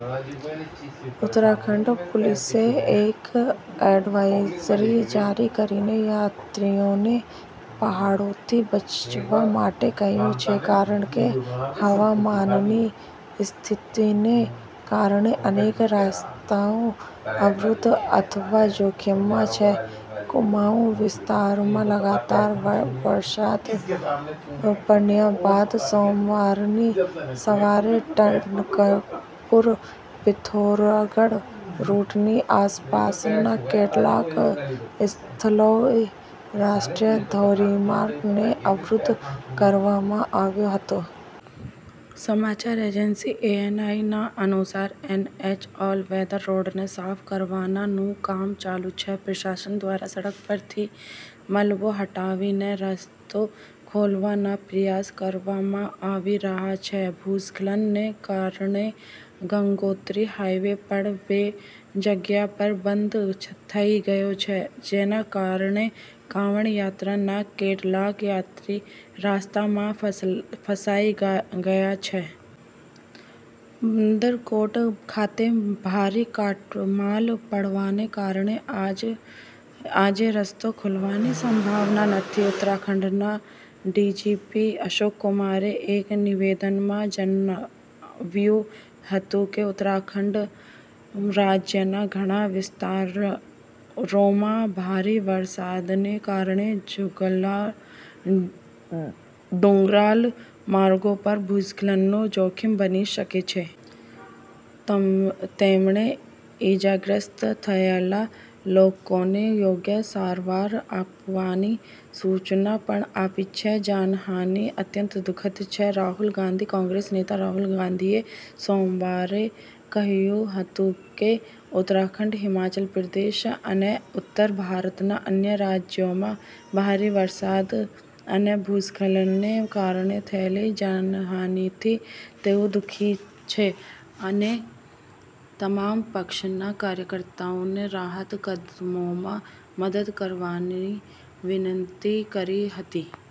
ઉત્તરાખંડ પોલીસે એક એડવાઇઝરી જાહેર કરીને યાત્રીઓને પહાડોથી બચવા માટે કહ્યું છે કારણ કે હવામાનની સ્થિતિને કારણે અનેક રસ્તાઓ અવરોધિત અથવા જોખમમાં છે. કુમાઉં વિસ્તારમાં સતત વરસાદ પડ્યા બાદ સોમવારે સવારે તનકપુર-પિથોરાગઢ રૂટની આસપાસના કેટલાક સ્થળોએ રાષ્ટ્રીય ધોરીમાર્ગ ને અવરોધિત કરવામાં આવ્યો હતો. સમાચાર એજન્સી એએનઆઈના અહેવાલ મુજબ એનએચ ઓલ વેધર રોડને સાફ કરવાના પ્રયાસો ચાલી રહ્યા છે. વહીવટીતંત્ર દ્વારા એનએચ ઓલ વેધર રોડ પર રસ્તો સાફ કરવાનું કામ ચાલી રહ્યું છે. ભૂસ્ખલનના કારણે ગંગોત્રી હાઇવે પણ બે જગ્યાએ બંધ થયો છે, જેના કારણે કાંવડ યાત્રાના કેટલાક યાત્રાળુઓ અટવાઈ ગયા છે. બંદરકોટ ખાતે ભારે કાટમાળ પડવાને કારણે આજે રસ્તો ખુલવાની સંભાવના નથી. ઉત્તરાખંડના ડીજીપી અશોક કુમારે એક નિવેદનમાં જણાવ્યું હતું કે ઉત્તરાખંડ રાજ્યના ઘણા વિસ્તારોમાં ભારે વરસાદને કારણે, ડુંગરાળ માર્ગો પર ભૂસ્ખલનનું જોખમ બની શકે છે. તેમણે ઇજાગ્રસ્ત થયેલા લોકોને યોગ્ય સારવાર આપવાની સૂચના પણ આપી છે. જાનહાનિ અત્યંત દુ:ખદ છે: રાહુલ ગાંધી કોંગ્રેસ નેતા રાહુલ ગાંધીએ સોમવારે કહ્યું હતું કે ઉત્તરાખંડ, હિમાચલ પ્રદેશ અને ઉત્તર ભારતના અન્ય રાજ્યોમાં ભારે વરસાદ અને ભૂસ્ખલનને કારણે થયેલી જાનહાનિથી તેઓ દુ:ખી છે અને તમામ પક્ષના કાર્યકરોને રાહત પગલાંમાં મદદ કરવા વિનંતી કરી હતી.